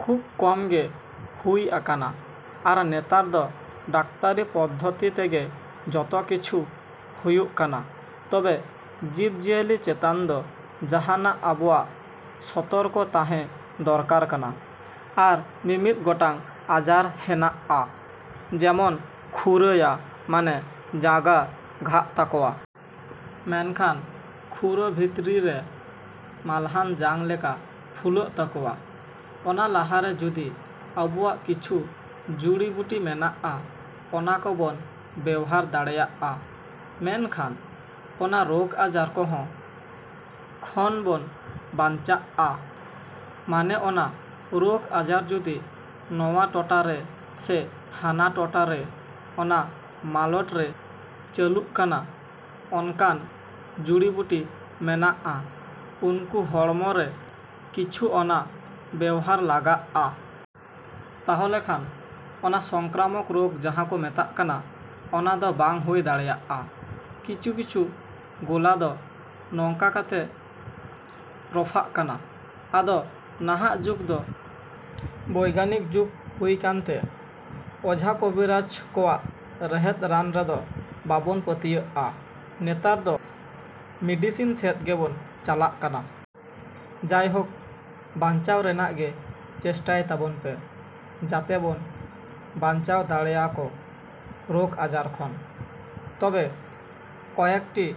ᱠᱷᱩᱵ ᱠᱚᱢ ᱜᱮ ᱦᱩᱭ ᱟᱠᱟᱱᱟ᱾ ᱟᱨ ᱱᱮᱛᱟᱨ ᱫᱚ ᱰᱟᱠᱛᱟᱨᱤ ᱯᱚᱫᱽᱫᱷᱚᱛᱤ ᱛᱮᱜᱮ ᱡᱚᱛᱚ ᱠᱤᱪᱷᱩ ᱦᱩᱭᱩᱜ ᱠᱟᱱᱟ ᱛᱚᱵᱮ ᱡᱤᱵᱽᱼᱤᱭᱟᱹᱞᱤ ᱪᱮᱛᱟᱱ ᱫᱚ ᱡᱟᱦᱟᱱᱟᱜ ᱟᱵᱚᱣᱟᱜ ᱥᱚᱛᱚᱨᱠᱚ ᱛᱟᱦᱮᱸ ᱫᱚᱨᱠᱟᱨ ᱠᱟᱱᱟ, ᱟᱨ ᱢᱤᱢᱤᱫ ᱜᱚᱴᱟᱝ ᱟᱡᱟᱨ ᱦᱮᱱᱟᱜᱼᱟ᱾ ᱡᱮᱢᱚᱱ ᱠᱷᱩᱨᱟᱹᱭᱟ ᱢᱟᱱᱮ ᱡᱟᱸᱜᱟ ᱜᱷᱟᱜ ᱛᱟᱠᱚᱣᱟ᱾ ᱢᱮᱱᱠᱷᱟᱱ ᱠᱷᱩᱨᱟᱹ ᱵᱷᱤᱛᱨᱤ ᱨᱮ ᱢᱟᱞᱦᱟᱱ ᱡᱟᱝ ᱞᱮᱠᱟ ᱯᱷᱩᱞᱟᱹᱜ ᱛᱟᱠᱚᱣᱟ᱾ ᱚᱱᱟ ᱞᱟᱦᱟ ᱨᱮ ᱡᱩᱫᱤ ᱟᱵᱚᱣᱟᱜ ᱠᱤᱪᱷᱩ ᱡᱩᱲᱤ ᱵᱩᱴᱤ ᱢᱮᱱᱟᱜᱼᱟ ᱚᱱᱟ ᱠᱚᱵᱚᱱ ᱵᱮᱣᱦᱟᱨ ᱫᱟᱲᱮᱭᱟᱜᱼᱟ ᱢᱮᱱᱠᱷᱟᱱ ᱚᱱᱟ ᱨᱳᱜᱽ ᱟᱡᱟᱨ ᱠᱚᱦᱚᱸ ᱠᱷᱚᱱ ᱵᱚᱱ ᱵᱟᱧᱪᱟᱜᱼᱟ᱾ ᱢᱟᱱᱮ ᱚᱱᱟ ᱨᱳᱜᱽ ᱟᱡᱟᱨ ᱡᱩᱫᱤ ᱱᱚᱣᱟ ᱴᱚᱴᱟ ᱨᱮ ᱥᱮ ᱦᱟᱱᱟ ᱴᱚᱴᱟ ᱨᱮ ᱚᱱᱟ ᱢᱟᱞᱚᱴ ᱨᱮ ᱪᱟᱹᱞᱩᱜ ᱠᱟᱱᱟ ᱚᱱᱠᱟᱱ ᱡᱩᱲᱤᱵᱩᱴᱤ ᱢᱮᱱᱟᱜᱼᱟ ᱩᱱᱠᱩ ᱦᱚᱲᱢᱚ ᱨᱮ ᱠᱤᱪᱷᱩ ᱚᱱᱟ ᱵᱮᱣᱦᱟᱨ ᱞᱟᱜᱟᱜᱼᱟ᱾ ᱛᱟᱦᱚᱞᱮ ᱠᱷᱟᱱ ᱚᱱᱟ ᱥᱚᱝᱠᱨᱟᱢᱚᱠ ᱨᱳᱜᱽ ᱡᱟᱦᱟᱸ ᱠᱚ ᱢᱮᱛᱟᱜ ᱠᱟᱱᱟ, ᱚᱱᱟ ᱫᱚ ᱵᱟᱝ ᱦᱩᱭ ᱫᱟᱲᱮᱭᱟᱜᱼᱟ᱾ ᱠᱤᱪᱷᱩ ᱠᱤᱪᱷᱩ ᱜᱩᱞᱟ ᱫᱚ ᱱᱚᱝᱠᱟ ᱠᱟᱛᱮ ᱨᱚᱯᱷᱟᱜ ᱠᱟᱱᱟ᱾ ᱟᱫᱚ ᱱᱟᱦᱟᱜ ᱡᱩᱜᱽ ᱫᱚ ᱵᱳᱭᱜᱟᱱᱤᱠ ᱡᱩᱜᱽ ᱦᱩᱭᱟᱠᱟᱱᱛᱮ ᱚᱡᱷᱟ ᱠᱚᱵᱤᱨᱟᱡ ᱠᱚᱣᱟᱜ ᱨᱮᱦᱮᱫ ᱨᱟᱱ ᱨᱮᱫᱚ ᱵᱟᱵᱚᱱ ᱯᱟᱹᱛᱭᱟᱹᱜᱼᱟ, ᱱᱮᱛᱟᱨ ᱫᱚ ᱢᱤᱰᱤᱥᱤᱱ ᱥᱮᱫ ᱜᱮᱵᱚᱱ ᱪᱟᱞᱟᱜ ᱠᱟᱱᱟ᱾ ᱡᱟᱭᱦᱳᱠ ᱵᱟᱧᱪᱟᱣ ᱨᱮᱱᱟᱜ ᱜᱮ ᱪᱮᱥᱴᱟᱭ ᱛᱟᱵᱚᱱ ᱯᱮ, ᱡᱟᱛᱮ ᱵᱚᱱ ᱵᱟᱧᱪᱟᱣ ᱫᱟᱲᱮᱭᱟᱠᱚ ᱨᱳᱜᱽ ᱟᱡᱟᱨ ᱠᱷᱚᱱ᱾ ᱛᱚᱵᱮ ᱠᱚᱭᱮᱠᱴᱤ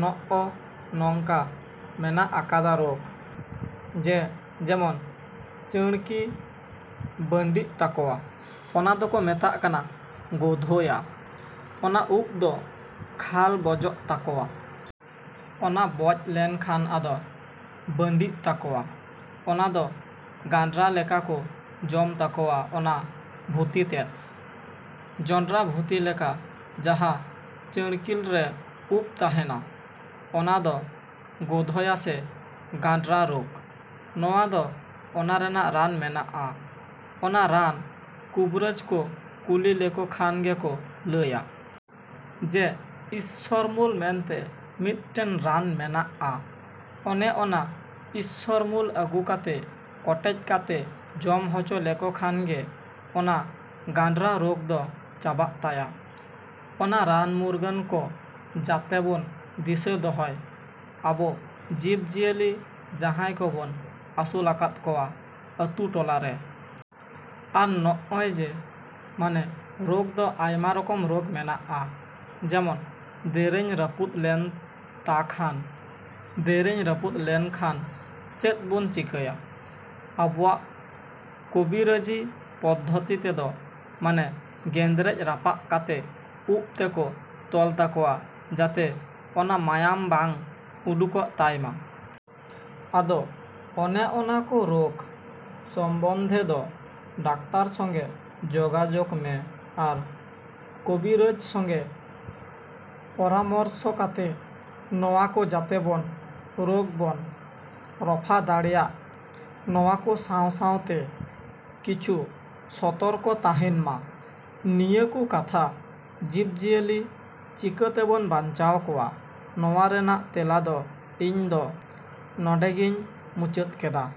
ᱱᱚᱜᱼᱚ ᱱᱚᱝᱠᱟ ᱢᱮᱱᱟᱜ ᱟᱠᱟᱫᱟ ᱨᱳᱜᱽ᱾ ᱡᱮ ᱡᱮᱢᱚᱱ ᱪᱟᱺᱲᱠᱤ ᱵᱟᱺᱰᱤᱜ ᱛᱟᱠᱚᱣᱟ᱾ ᱚᱱᱟ ᱫᱚᱠᱚ ᱢᱮᱛᱟᱜ ᱠᱟᱱᱟ ᱜᱳᱫᱷᱳᱭᱟ᱾ ᱚᱱᱟ ᱩᱯ ᱫᱚ ᱠᱷᱟᱞ ᱵᱚᱡᱚᱜ ᱛᱟᱠᱚᱣᱟ᱾ ᱚᱱᱟ ᱵᱚᱡ ᱞᱮᱱ ᱠᱷᱟᱱ ᱟᱫᱚ ᱵᱟᱺᱰᱤᱜ ᱛᱟᱠᱚᱣᱟ᱾ ᱚᱱᱟ ᱫᱚ ᱜᱟᱸᱰᱨᱟ ᱞᱮᱠᱟ ᱠᱚ ᱡᱚᱢ ᱛᱟᱠᱚᱣᱟ ᱚᱱᱟ ᱵᱷᱩᱛᱤ ᱛᱮᱫ᱾ ᱡᱚᱸᱰᱨᱟ ᱵᱷᱩᱛᱤ ᱞᱮᱠᱟ ᱡᱟᱦᱟᱸ ᱪᱟᱺᱲᱠᱤᱞ ᱨᱮ ᱩᱯ ᱛᱟᱦᱮᱱᱟ, ᱚᱱᱟ ᱫᱚ ᱜᱳᱫᱷᱳᱭᱟ ᱥᱮ ᱜᱟᱸᱰᱨᱟ ᱨᱳᱜᱽ᱾ ᱱᱚᱣᱟ ᱫᱚ ᱚᱱᱟ ᱨᱮᱱᱟᱜ ᱨᱟᱱ ᱢᱮᱱᱟᱜᱼᱟ, ᱚᱱᱟ ᱨᱟᱱ ᱠᱩᱵᱨᱟᱹᱡ ᱠᱚ ᱠᱩᱞᱤ ᱞᱮᱠᱚ ᱠᱷᱟᱱ ᱜᱮᱠᱚ ᱞᱟᱹᱭᱟ᱾ ᱡᱮ ᱤᱥᱥᱚᱨᱢᱩᱞ ᱢᱮᱱᱛᱮ ᱢᱤᱫᱴᱮᱱ ᱨᱟᱱ ᱢᱮᱱᱟᱜᱼᱟ ᱚᱱᱮ ᱚᱱᱟ ᱤᱥᱥᱚᱨ ᱢᱩᱞ ᱟᱹᱜᱩ ᱠᱟᱛᱮ ᱠᱚᱴᱮᱡ ᱠᱟᱛᱮ ᱡᱚᱢ ᱦᱚᱪᱚ ᱞᱮᱠᱚ ᱠᱷᱟᱱ ᱜᱮ ᱚᱱᱟ ᱜᱟᱸᱰᱨᱟ ᱨᱳᱜᱽ ᱫᱚ ᱪᱟᱵᱟᱜ ᱛᱟᱭᱟ᱾ ᱚᱱᱟ ᱨᱟᱱ ᱢᱩᱨᱜᱟᱹᱱ ᱠᱚ ᱡᱟᱛᱮ ᱵᱚᱱ ᱫᱤᱥᱟᱹ ᱫᱚᱦᱚᱭ ᱟᱵᱚ ᱡᱤᱵᱽᱼᱡᱤᱭᱟᱹᱞᱤ ᱡᱟᱦᱟᱸᱭ ᱠᱚᱵᱚᱱ ᱟᱹᱥᱩᱞᱟᱠᱟᱫ ᱠᱚᱣᱟ ᱟᱹᱛᱩ, ᱴᱚᱞᱟ ᱨᱮ᱾ ᱟᱨ ᱱᱚᱜᱼᱚᱭ ᱡᱮ ᱢᱟᱱᱮ ᱨᱳᱜᱽ ᱫᱚ ᱟᱭᱢᱟ ᱨᱚᱠᱚᱢ ᱨᱳᱜᱽ ᱢᱮᱱᱟᱜᱼᱟ᱾ ᱡᱮᱢᱚᱱ ᱫᱮᱨᱮᱧ ᱨᱟᱹᱯᱩᱫ ᱞᱮᱱ ᱛᱟ ᱠᱷᱟᱱ, ᱫᱮᱨᱮᱧ ᱨᱟᱹᱯᱩᱫ ᱞᱮᱱ ᱠᱷᱟᱱ ᱪᱮᱫ ᱵᱚᱱ ᱪᱤᱠᱟᱹᱭᱟ? ᱟᱵᱚᱣᱟᱜ ᱠᱚᱵᱤᱨᱟᱹᱡᱤ ᱯᱚᱫᱽᱫᱷᱚᱛᱤ ᱛᱮᱫᱚ ᱢᱟᱱᱮ ᱜᱮᱸᱫᱽᱨᱮᱡ ᱨᱟᱯᱟᱜ ᱠᱟᱛᱮ ᱩᱯ ᱛᱮᱠᱚ ᱛᱚᱞ ᱛᱟᱠᱚᱣᱟ ᱡᱟᱛᱮ ᱚᱱᱟ ᱢᱟᱭᱟᱢ ᱵᱟᱝ ᱩᱰᱩᱠᱚᱜ ᱛᱟᱭ ᱢᱟ᱾ ᱟᱫᱚ ᱚᱱᱮ ᱚᱱᱟ ᱠᱚ ᱨᱳᱜᱽ ᱥᱚᱢᱵᱚᱱᱫᱷᱮ ᱫᱚ ᱰᱟᱠᱛᱟᱨ ᱥᱚᱸᱜᱮ ᱡᱳᱜᱟᱡᱳᱜᱽ ᱢᱮ ᱟᱨ ᱠᱚᱵᱤᱨᱟᱹᱡ ᱥᱚᱸᱜᱮ ᱯᱚᱨᱟᱢᱚᱨᱥᱚ ᱠᱟᱛᱮ ᱱᱚᱣᱟ ᱠᱚ ᱡᱟᱛᱮ ᱵᱚᱱ ᱨᱳᱜᱽ ᱵᱚᱱ ᱨᱚᱯᱷᱟ ᱫᱟᱲᱮᱭᱟᱜ ᱱᱚᱣᱟ ᱠᱚ ᱥᱟᱶ ᱥᱟᱶᱛᱮ ᱠᱤᱪᱷᱩ ᱥᱚᱛᱚᱨᱠᱚ ᱛᱟᱦᱮᱱᱢᱟ, ᱱᱤᱭᱟᱹ ᱠᱚ ᱠᱟᱛᱷᱟ ᱡᱤᱵᱽᱼᱡᱤᱭᱟᱹᱞᱤ ᱪᱤᱠᱟᱹᱛᱮᱵᱚᱱ ᱵᱟᱧᱪᱟᱣ ᱠᱚᱣᱟ ᱱᱚᱣᱟ ᱨᱮᱱᱟᱜ ᱛᱮᱞᱟ ᱫᱚ ᱤᱧ ᱫᱚ ᱱᱚᱰᱮ ᱜᱤᱧ ᱢᱩᱪᱟᱹᱫ ᱠᱮᱫᱟ᱾।